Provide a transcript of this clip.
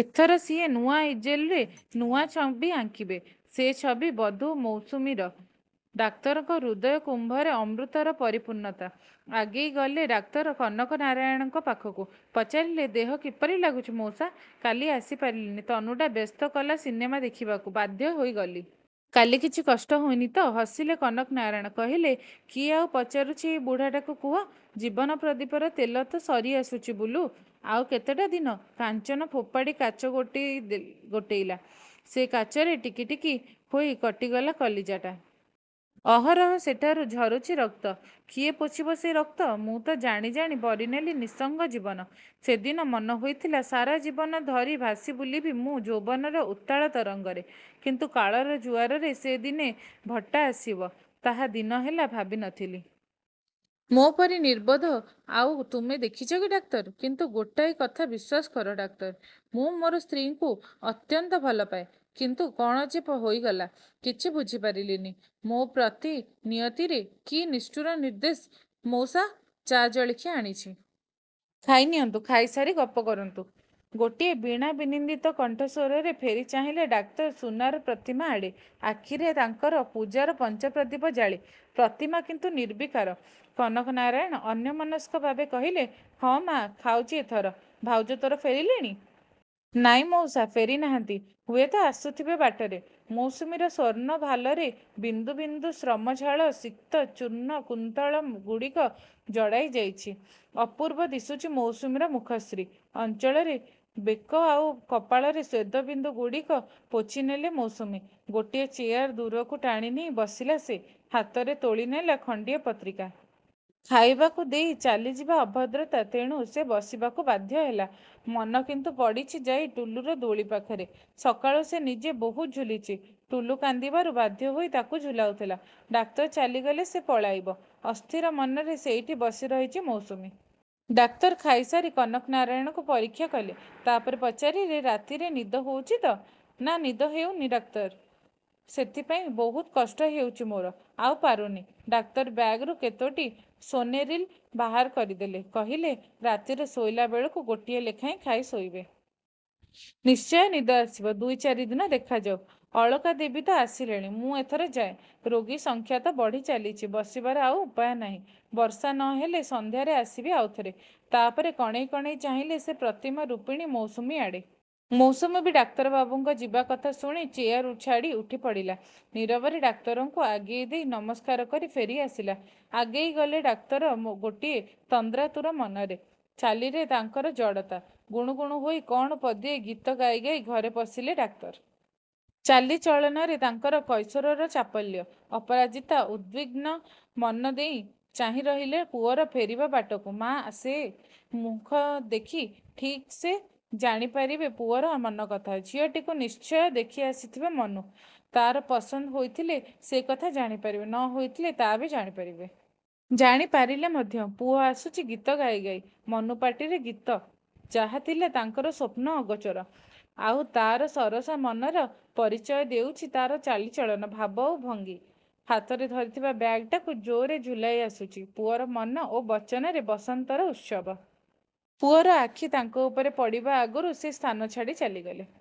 ଏଥର ସିଏ ନୂଆ ଇଜେଲରେ ନୂଆ ଛବି ଆଙ୍କିବେ। ସେ ଛବି ବଧୂ ମୌସୁମୀର। ଡାକ୍ତରଙ୍କ ହୃଦୟ-କୁମ୍ଭରେ ଅମୃତର ପରିପୂର୍ଣ୍ଣତା। ଆଗେଇଗଲେ ଡାକ୍ତର କନକ ନାରାୟଣଙ୍କ ପାଖକୁ। ପଚାରିଲେ, ଦେହ କିପରି ଲାଗୁଛି, ମଉସା? କାଲି ଆସିପାରିଲିନି, ତନୁଟା ବ୍ୟସ୍ତ କଲା ସିନେମା ଦେଖିବାକୁ। ବାଧ୍ୟ ହୋଇ ଗଲି। କାଲି କିଛି କଷ୍ଟ ହୋଇନି ତ? ହସିଲେ କନକ ନାରାୟଣ। କହିଲେ, କିଏ ଆଉ ପଚାରୁଛି ଏଇ ବୁଢ଼ାଟାକୁ, କୁହ? ଜୀବନ-ପ୍ରଦୀପର ତେଲ ତ ସରିଆସୁଛି, ବୁଲୁ। ଆଉ କେତେଟା ଦିନ! କାଞ୍ଚନ ଫୋପାଡ଼ି କାଚ ଗୋଟେଇଲା, ସେଇ କାଚରେ ଟିକି ଟିକି ହୋଇ କଟିଗଲା କଲିଜାଟା। ଅହରହ ସେଠାରୁ ଝରୁଛି ରକ୍ତ। କିଏ ପୋଛିବ ସେଇ ରକ୍ତ? ମୁଁ ତ ଜାଣିଜାଣି ବରିନେଲି ନିଃସଙ୍ଗ ଜୀବନ। ସେଦିନ ମନେହୋଇଥିଲା ସାରା ଜୀବନ ଧରି ଭାସି ବୁଲିବି ମୁଁ ଯୌବନର ଉତ୍ତାଳ ତରଙ୍ଗରେ। କିନ୍ତୁ କାଳର ଜୁଆରରେ ସେ ଦିନେ ଭଟ୍ଟା ଆସିବ, ତାହା ଦିନହେଲା ଭାବିନଥିଲି। ମୋ ପରି ନିର୍ବୋଧ ଆଉ ତୁମେ ଦେଖିଛ କି, ଡାକ୍ତର? କିନ୍ତୁ ଗୋଟିଏ କଥା ବିଶ୍ୱାସ କର, ଡାକ୍ତର, ମୁଁ ମୋର ସ୍ତ୍ରୀଙ୍କୁ ଅତ୍ୟନ୍ତ ଭଲପାଏ। କିନ୍ତୁ କ'ଣ ଯେ ହୋଇଗଲା, କିଛି ବୁଝିପାରିଲିନି। ମୋ ପ୍ରତି ନିୟତିରେ କି ନିଷ୍ଠୁର ନିର୍ଦ୍ଦେଶ! ମଉସା, ଚା-ଜଳଖିଆ ଆଣିଛି। ଖାଇନିଅନ୍ତୁ। ଖାଇସାରି ଗପ କରନ୍ତୁ। ଗୋଟିଏ ବୀଣା-ବିନିନ୍ଦିତ କଣ୍ଠସ୍ୱରରେ ଫେରି ଚାହିଁଲେ ଡାକ୍ତର ସୁନାର ପ୍ରତିମା ଆଡ଼େ, ଆଖିରେ ତାଙ୍କର ପୂଜାର ପଞ୍ଚପ୍ରଦୀପ ଜାଳି। ପ୍ରତିମା କିନ୍ତୁ ନିର୍ବିକାର। କନକ ନାରାୟଣ ଅନ୍ୟମନସ୍କ ଭାବେ କହିଲେ, "ହଁ, ମାଆ, ଖାଉଛି ଏଥର। ଭାଉଜ ତୋର ଫେରିଲେଣି? ନାଇଁ, ମଉସା, ଫେରିନାହାନ୍ତି। ହୁଏତ ଆସୁଥିବେ ବାଟରେ। ମୌସୁମୀର ସ୍ୱର୍ଣ୍ଣଭାଲରେ ବିନ୍ଦୁ ବିନ୍ଦୁ ଶ୍ରମଝାଳ-ସିକ୍ତ ଚୂର୍ଣ୍ଣ କୁନ୍ତଳଗୁଡ଼ିକ ଜଡ଼ାଇ ଯାଇଛି। ଅପୂର୍ବ ଦିଶୁଛି ମୌସୁମୀର ମୁଖଶ୍ରୀ। ଅଞ୍ଚଳରେ ବେକ ଆଉ କପାଳର ଶ୍ୱେଦବିନ୍ଦୁଗୁଡ଼ିକ ପୋଛିନେଲେ ମୌସୁମୀ। ଗୋଟିଏ ଚେୟାର ଦୂରକୁ ଟାଣିନେଇ ବସିଲା ସେ। ହାତରେ ତୋଳିନେଲା ଖଣ୍ଡିଏ ପତ୍ରିକା। ଖାଇବାକୁ ଦେଇ ଚାଲିଯିବା ଅଭଦ୍ରତା, ତେଣୁ ବସିବାକୁ ବାଧ୍ୟହେଲା। ମନ କିନ୍ତୁ ପଡ଼ିଛି ଯାଇ ଟୁଲୁର ଦୋଳି ପାଖରେ। ସକାଳୁ ସେ ନିଜେ ବହୁତ ଝୁଲିଛି। ଟୁଲୁ କାନ୍ଦିବାରୁ ବାଧ୍ୟହୋଇ ତାକୁ ଝୁଲାଉଥିଲା। ଡାକ୍ତର ଚାଲିଗଲେ ସେ ପଳାଇବ। ଅସ୍ଥିର ମନରେ ସେଇଠି ବସି ରହିଛି ମୌସୁମୀ। ଡାକ୍ତର ଖାଇସାରି କନକ ନାରାୟଣଙ୍କୁ ପରୀକ୍ଷା କଲେ। ତା'ପରେ ପଚାରିଲେ, ରାତିରେ ନିଦ ହୋଇଛି ତ? ନା, ନିଦ ହେଉନି, ଡାକ୍ତର। ସେଥିପାଇଁ ବହୁତ କଷ୍ଟ ହୋଉଛି ମୋର। ଆଉ ପାରୁନି। ଡାକ୍ତର ବ୍ୟାଗରୁ କେତୋଟି 'ସୋନେରିଲ୍' ବାହାର କରିଦେଲେ। କହିଲେ, "ରାତିରେ ଶୋଇଲାବେଳେ ଗୋଟିଏ ଲେଖାଏଁ ଖାଇ ଶୋଇବେ। ନିଶ୍ଚୟ ନିଦ ଆସିବ। ଦୁଇ-ଚାରିଦିନ ଦେଖାଯାଉ। ଅଳକା ଦେବୀ ତ ଆସିଲେନି, ମୁଁ ଏଥର ଯାଏ। ରୋଗୀ ସଂଖ୍ୟା ତ ବଢ଼ିଚାଲିଛି, ବସିବାର ଆଉ ଉପାୟ କାହିଁ! ବର୍ଷା ନ ହେଲେ ସନ୍ଧ୍ୟାରେ ଆସିବି ଆଉଥରେ। ତା'ପରେ କଣେଇ କଣେଇ ଚାହିଁଲେ ସେ ପ୍ରତିମା-ରୂପିଣୀ ମୌସୁମୀ ଆଡ଼େ। ମୌସୁମୀ ବି ଡାକ୍ତରବାବୁଙ୍କ ଯିବା କଥା ଶୁଣି ଚେୟାର ଛାଡ଼ି ଉଠିପଡ଼ିଲା। ନୀରବରେ ଡାକ୍ତରଙ୍କୁ ଆଗେଇ ଦେଇ ନମସ୍କାର କରି ଫେରିଆସିଲା। ଆଗେଇ ଗଲେ ଡାକ୍ତର ଗୋଟିଏ ତନ୍ଦ୍ରାତୁର ମନରେ। ଚାଲିରେ ତାଙ୍କର ଜଡ଼ତା। ଗୁଣୁଗୁଣୁ ହୋଇ କ'ଣ ପଦିଏ ଗୀତ ଗାଇ ଗାଇ ଘରେ ପଶିଲେ ଡାକ୍ତର। ଚାଲିଚଳନରେ ତାଙ୍କର କୈଶୋରର ଚାପଲ୍ୟ। ଅପରାଜିତା ଉଦ୍ବିଘ୍ନ ମନ ଦେଇ ଚାହିଁ ରହିଥିଲେ ପୁଅର ଫେରିବା ବାଟକୁ। ମାଆ ସେ। ମୁହଁ ଦେଖି ଠିକ୍ ସେ ଜାଣିପାରିବେ ପୁଅର ମନକଥା। ଝିଅଟିକୁ ନିଶ୍ଚୟ ଦେଖିଆସିଥିବ ମନୁ। ତା'ର ପସନ୍ଦ ହୋଇଥିଲେ ସେକଥା ଜାଣିପାରିବେ, ନ ହୋଇଥିଲେ ତା'ବି ଜାଣିପାରିବେ। ଜାଣିପାରିଲେ ମଧ୍ୟ। ପୁଅ ଆସୁଛି ଗୀତ ଗାଇ ଗାଇ। ମନୁ ପାଟିରେ ଗୀତ! ଯାହା ଥିଲା ତାଙ୍କର ସ୍ୱପ୍ନର ଅଗୋଚର। ଆଉ ତା'ର ସରସ ମନର ପରିଚୟ ଦେଉଛି ତା'ର ଚାଲିଚଳନ, ଭାବ ଆଉ ଭଙ୍ଗୀ। ହାତରେ ଧରିଥିବା ବ୍ୟାଗଟାକୁ ଜୋରରେ ଝୁଲାଇ ଆସୁଛି। ପୁଅର ମନ ଓ ବଚନରେ ବସନ୍ତର ଉତ୍ସବ। ପୁଅର ଆଖି ତାଙ୍କ ଉପରେ ପଡ଼ିବା ଆଗରୁ ସେ ସ୍ଥାନ ଛାଡ଼ି ଚାଲିଗଲେ।